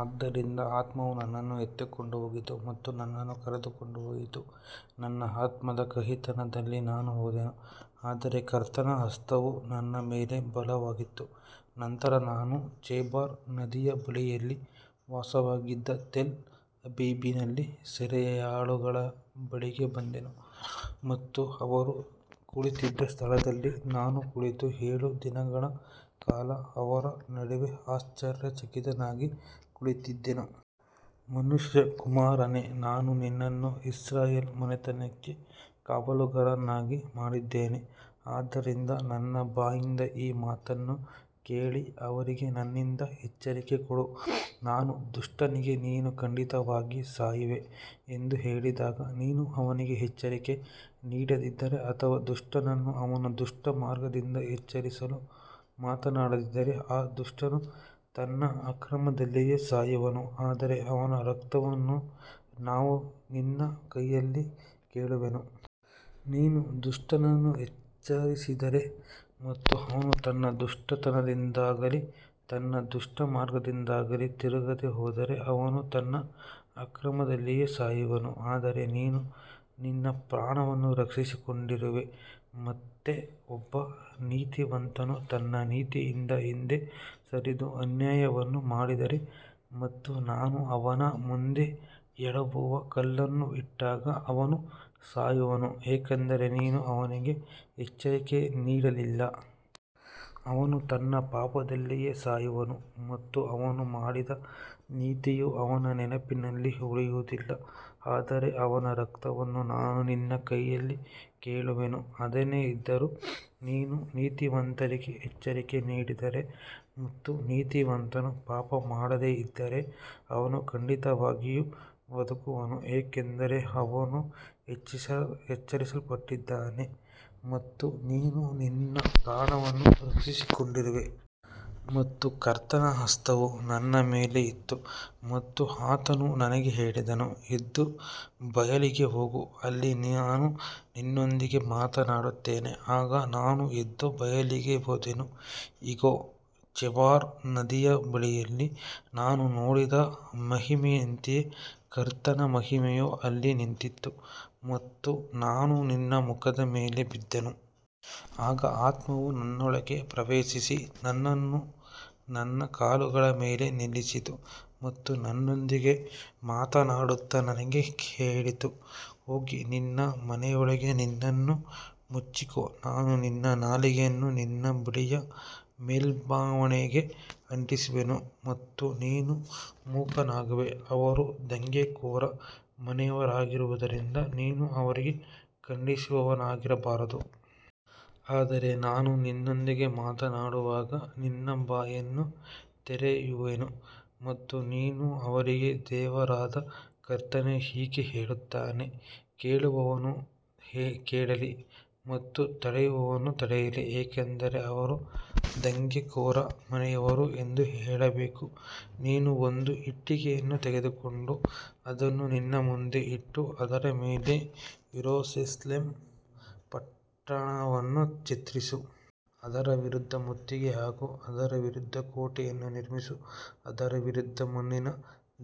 ಆದ್ದರಿಂದ ಆತ್ಮವು ನನ್ನನ್ನು ಎತ್ತಿಕೊಂಡು ಹೋಗಿತು ಮತ್ತು ನನ್ನನ್ನು ಕರೆದುಕೊಂಡು ಹೋಯಿತು. ನನ್ನ ಆತ್ಮದ ಕಹಿತನದಲ್ಲಿ ನಾನು ಹೋದೆನು, ಆದರೆ ಕರ್ತನ ಹಸ್ತವು ನನ್ನ ಮೇಲೆ ಬಲವಾಗಿತ್ತು. ನಂತರ ನಾನು ಚೆಬಾರ್ ನದಿಯ ಬಳಿಯಲ್ಲಿ ವಾಸವಾಗಿದ್ದ ತೆಲ್ ಅಬೀಬಿನಲ್ಲಿ ಸೆರೆಯಾಳುಗಳ ಬಳಿಗೆ ಬಂದೆನು ಮತ್ತು ಅವರು ಕುಳಿತಿದ್ದ ಸ್ಥಳದಲ್ಲಿ ನಾನು ಕುಳಿತು ಏಳು ದಿನಗಳ ಕಾಲ ಅವರ ನಡುವೆ ಆಶ್ಚರ್ಯಚಕಿತನಾಗಿ ಕುಳಿತಿದ್ದೆನು. ಮನುಷ್ಯಕುಮಾರನೇ, ನಾನು ನಿನ್ನನ್ನು ಇಸ್ರಾಯೇಲ್ ಮನೆತನಕ್ಕೆ ಕಾವಲುಗಾರನನ್ನಾಗಿ ಮಾಡಿದ್ದೇನೆ. ಆದ್ದರಿಂದ ನನ್ನ ಬಾಯಿಂದ ಈ ಮಾತನ್ನು ಕೇಳಿ ಅವರಿಗೆ ನನ್ನಿಂದ ಎಚ್ಚರಿಕೆ ಕೊಡು. ನಾನು ದುಷ್ಟನಿಗೆ, ನೀನು ಖಂಡಿತವಾಗಿ ಸಾಯುವೆ ಎಂದು ಹೇಳಿದಾಗ ನೀನು ಅವನಿಗೆ ಎಚ್ಚರಿಕೆ ನೀಡದಿದ್ದರೆ ಅಥವಾ ದುಷ್ಟನನ್ನು ಅವನ ದುಷ್ಟ ಮಾರ್ಗದಿಂದ ಎಚ್ಚರಿಸಲು ಮಾತನಾಡದಿದ್ದರೆ, ಆ ದುಷ್ಟನು ತನ್ನ ಅಕ್ರಮದಲ್ಲಿಯೇ ಸಾಯುವನು, ಆದರೆ ಅವನ ರಕ್ತವನ್ನು ನಾನು ನಿನ್ನ ಕೈಯಲ್ಲಿ ಕೇಳುವೆನು. ನೀನು ದುಷ್ಟನನ್ನು ಎಚ್ಚರಿಸಿದರೆ ಮತ್ತು ಅವನು ತನ್ನ ದುಷ್ಟತನದಿಂದಾಗಲಿ ತನ್ನ ದುಷ್ಟ ಮಾರ್ಗದಿಂದಾಗಲಿ ತಿರುಗದೆ ಹೋದರೆ, ಅವನು ತನ್ನ ಅಕ್ರಮದಲ್ಲಿಯೇ ಸಾಯುವನು, ಆದರೆ ನೀನು ನಿನ್ನ ಪ್ರಾಣವನ್ನು ರಕ್ಷಿಸಿಕೊಂಡಿರುವೆ. ಮತ್ತೆ ಒಬ್ಬ ನೀತಿವಂತನು ತನ್ನ ನೀತಿಯಿಂದ ಹಿಂದೆ ಸರಿದು ಅನ್ಯಾಯವನ್ನು ಮಾಡಿದರೆ ಮತ್ತು ನಾನು ಅವನ ಮುಂದೆ ಎಡವುವ ಕಲ್ಲನ್ನು ಇಟ್ಟಾಗ ಅವನು ಸಾಯುವನು, ಏಕೆಂದರೆ ನೀನು ಅವನಿಗೆ ಎಚ್ಚರಿಕೆ ನೀಡಲಿಲ್ಲ. ಅವನು ತನ್ನ ಪಾಪದಲ್ಲಿಯೇ ಸಾಯುವನು ಮತ್ತು ಅವನು ಮಾಡಿದ ನೀತಿಯು ಅವನ ನೆನಪಿನಲ್ಲಿ ಉಳಿಯುವುದಿಲ್ಲ, ಆದರೆ ಅವನ ರಕ್ತವನ್ನು ನಾನು ನಿನ್ನ ಕೈಯಲ್ಲಿ ಕೇಳುವೆನು. ಅದೇನೇ ಇದ್ದರೂ, ನೀನು ನೀತಿವಂತನಿಗೆ ಎಚ್ಚರಿಕೆ ನೀಡಿದರೆ ಮತ್ತು ನೀತಿವಂತನು ಪಾಪ ಮಾಡದೆ ಇದ್ದರೆ, ಅವನು ಖಂಡಿತವಾಗಿಯೂ ಬದುಕುವನು, ಏಕೆಂದರೆ ಅವನು ಎಚ್ಚರಿಸಲ್ಪಟ್ಟಿದ್ದಾನೆ ಮತ್ತು ನೀನು ನಿನ್ನ ಪ್ರಾಣವನ್ನು ರಕ್ಷಿಸಿಕೊಂಡಿರುವೆ. ಮತ್ತು ಕರ್ತನ ಹಸ್ತವು ನನ್ನ ಮೇಲೆ ಇತ್ತು ಮತ್ತು ಆತನು ನನಗೆ ಹೇಳಿದನು, ಎದ್ದು ಬಯಲಿಗೆ ಹೋಗು, ಅಲ್ಲಿ ನಾನು ನಿನ್ನೊಂದಿಗೆ ಮಾತನಾಡುತ್ತೇನೆ. ಆಗ ನಾನು ಎದ್ದು ಬಯಲಿಗೆ ಹೋದೆನು. ಇಗೋ, ಚೆಬಾರ್ ನದಿಯ ಬಳಿಯಲ್ಲಿ ನಾನು ನೋಡಿದ ಮಹಿಮೆಯಂತೆಯೇ ಕರ್ತನ ಮಹಿಮೆಯು ಅಲ್ಲಿ ನಿಂತಿತ್ತು ಮತ್ತು ನಾನು ನನ್ನ ಮುಖದ ಮೇಲೆ ಬಿದ್ದೆನು. ಆಗ ಆತ್ಮವು ನನ್ನೊಳಗೆ ಪ್ರವೇಶಿಸಿ ನನ್ನನ್ನು ನನ್ನ ಕಾಲುಗಳ ಮೇಲೆ ನಿಲ್ಲಿಸಿತು ಮತ್ತು ನನ್ನೊಂದಿಗೆ ಮಾತನಾಡುತ್ತಾ ನನಗೆ ಹೇಳಿತು, ಹೋಗಿ ನಿನ್ನ ಮನೆಯೊಳಗೆ ನಿನ್ನನ್ನು ಮುಚ್ಚಿಕೋ. ನಾನು ನಿನ್ನ ನಾಲಿಗೆಯನ್ನು ನಿನ್ನ ಬಾಯಿಯ ಮೇಲ್ಛಾವಣಿಗೆ ಅಂಟಿಸುವೆನು ಮತ್ತು ನೀನು ಮೂಕನಾಗುವೆ, ಅವರು ದಂಗೆಕೋರ ಮನೆಯವರಾಗಿರುವುದರಿಂದ ನೀನು ಅವರಿಗೆ ಖಂಡಿಸುವವನಾಗಿರಬಾರದು. ಆದರೆ ನಾನು ನಿನ್ನೊಂದಿಗೆ ಮಾತನಾಡುವಾಗ ನಿನ್ನ ಬಾಯನ್ನು ತೆರೆಯುವೆನು ಮತ್ತು ನೀನು ಅವರಿಗೆ, ದೇವರಾದ ಕರ್ತನು ಹೀಗೆ ಹೇಳುತ್ತಾನೆ, ಕೇಳುವವನು ಕೇಳಲಿ ಮತ್ತು ತಡೆಯುವವನು ತಡೆಯಲಿ, ಏಕೆಂದರೆ ಅವರು ದಂಗೆಕೋರ ಮನೆಯವರು ಎಂದು ಹೇಳಬೇಕು. ನೀನು ಒಂದು ಇಟ್ಟಿಗೆಯನ್ನು ತೆಗೆದುಕೊಂಡು ಅದನ್ನು ನಿನ್ನ ಮುಂದೆ ಇಟ್ಟು ಅದರ ಮೇಲೆ ಯೆರೂಸಲೇಮ್ ಪಟ್ಟಣವನ್ನು ಚಿತ್ರಿಸು. ಅದರ ವಿರುದ್ಧ ಮುತ್ತಿಗೆ ಹಾಕು, ಅದರ ವಿರುದ್ಧ ಕೋಟೆಯನ್ನು ನಿರ್ಮಿಸು, ಅದರ ವಿರುದ್ಧ ಮಣ್ಣಿನ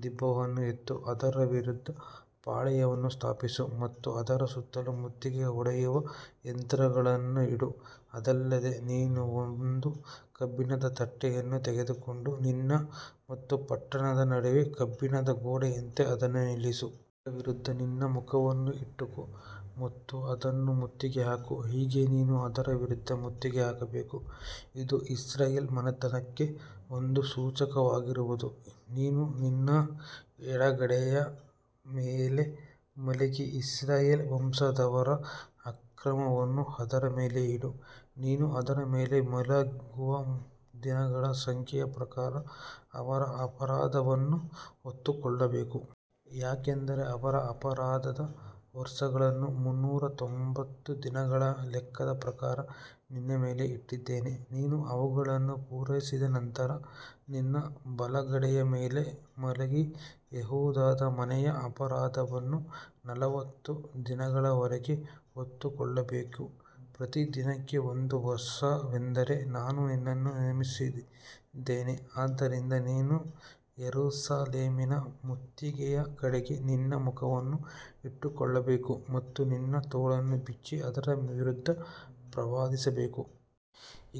ದಿಬ್ಬವನ್ನು ಎತ್ತು, ಅದರ ವಿರುದ್ಧ ಪಾಳೆಯವನ್ನು ಸ್ಥಾಪಿಸು ಮತ್ತು ಅದರ ಸುತ್ತಲೂ ಮುತ್ತಿಗೆ ಹೊಡೆಯುವ ಯಂತ್ರಗಳನ್ನು ಇಡು. ಇದಲ್ಲದೆ ನೀನು ಒಂದು ಕಬ್ಬಿಣದ ತಟ್ಟೆಯನ್ನು ತೆಗೆದುಕೊಂಡು ನಿನ್ನ ಮತ್ತು ಪಟ್ಟಣದ ನಡುವೆ ಕಬ್ಬಿಣದ ಗೋಡೆಯಂತೆ ಅದನ್ನು ನಿಲ್ಲಿಸು. ಅದರ ವಿರುದ್ಧ ನಿನ್ನ ಮುಖವನ್ನು ಇಟ್ಟುಕೋ ಮತ್ತು ಅದನ್ನು ಮುತ್ತಿಗೆ ಹಾಕು, ಹೀಗೆ ನೀನು ಅದರ ವಿರುದ್ಧ ಮುತ್ತಿಗೆ ಹಾಕಬೇಕು. ಇದು ಇಸ್ರಾಯೇಲ್ ಮನೆತನಕ್ಕೆ ಒಂದು ಸೂಚಕವಾಗಿರುವುದು. ನೀನು ನಿನ್ನ ಎಡಗಡೆಯ ಮೇಲೆ ಮಲಗಿ ಇಸ್ರಾಯೇಲ್ ವಂಶದವರ ಅಕ್ರಮವನ್ನು ಅದರ ಮೇಲೆ ಇಡು. ನೀನು ಅದರ ಮೇಲೆ ಮಲಗುವ ದಿನಗಳ ಸಂಖ್ಯೆಯ ಪ್ರಕಾರ ಅವರ ಅಪರಾಧವನ್ನು ಹೊತ್ತುಕೊಳ್ಳಬೇಕು. ಯಾಕಂದರೆ ಅವರ ಅಪರಾಧದ ವರ್ಷಗಳನ್ನು ಮುನ್ನೂರ ತೊಂಬತ್ತು ದಿನಗಳ ಲೆಕ್ಕದ ಪ್ರಕಾರ ನಿನ್ನ ಮೇಲೆ ಇಟ್ಟಿದ್ದೇನೆ. ನೀನು ಅವುಗಳನ್ನು ಪೂರೈಸಿದ ನಂತರ ನಿನ್ನ ಬಲಗಡೆಯ ಮೇಲೆ ಮಲಗಿ ಯೆಹೂದದ ಮನೆಯ ಅಪರಾಧವನ್ನು ನಲವತ್ತು ದಿನಗಳವರೆಗೆ ಹೊತ್ತುಕೊಳ್ಳಬೇಕು. ಪ್ರತಿದಿನಕ್ಕೆ ಒಂದು ವರ್ಷವೆಂದು ನಾನು ನಿನ್ನನ್ನು ನೇಮಿಸಿದ್ದೇನೆ. ಆದ್ದರಿಂದ ನೀನು ಯೆರೂಸಲೇಮಿನ ಮುತ್ತಿಗೆಯ ಕಡೆಗೆ ನಿನ್ನ ಮುಖವನ್ನು ಇಟ್ಟುಕೊಳ್ಳಬೇಕು ಮತ್ತು ನಿನ್ನ ತೋಳನ್ನು ಬಿಚ್ಚಿ ಅದರ ವಿರುದ್ಧ ಪ್ರವಾದಿಸಬೇಕು.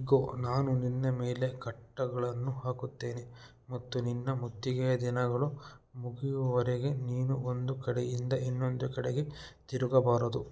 ಇಗೋ, ನಾನು ನಿನ್ನ ಮೇಲೆ ಕಟ್ಟುಗಳನ್ನು ಹಾಕುತ್ತೇನೆ ಮತ್ತು ನಿನ್ನ ಮುತ್ತಿಗೆಯ ದಿನಗಳು ಮುಗಿಯುವವರೆಗೆ ನೀನು ಒಂದು ಕಡೆಯಿಂದ ಇನ್ನೊಂದು ಕಡೆಗೆ ತಿರುಗಬಾರದು.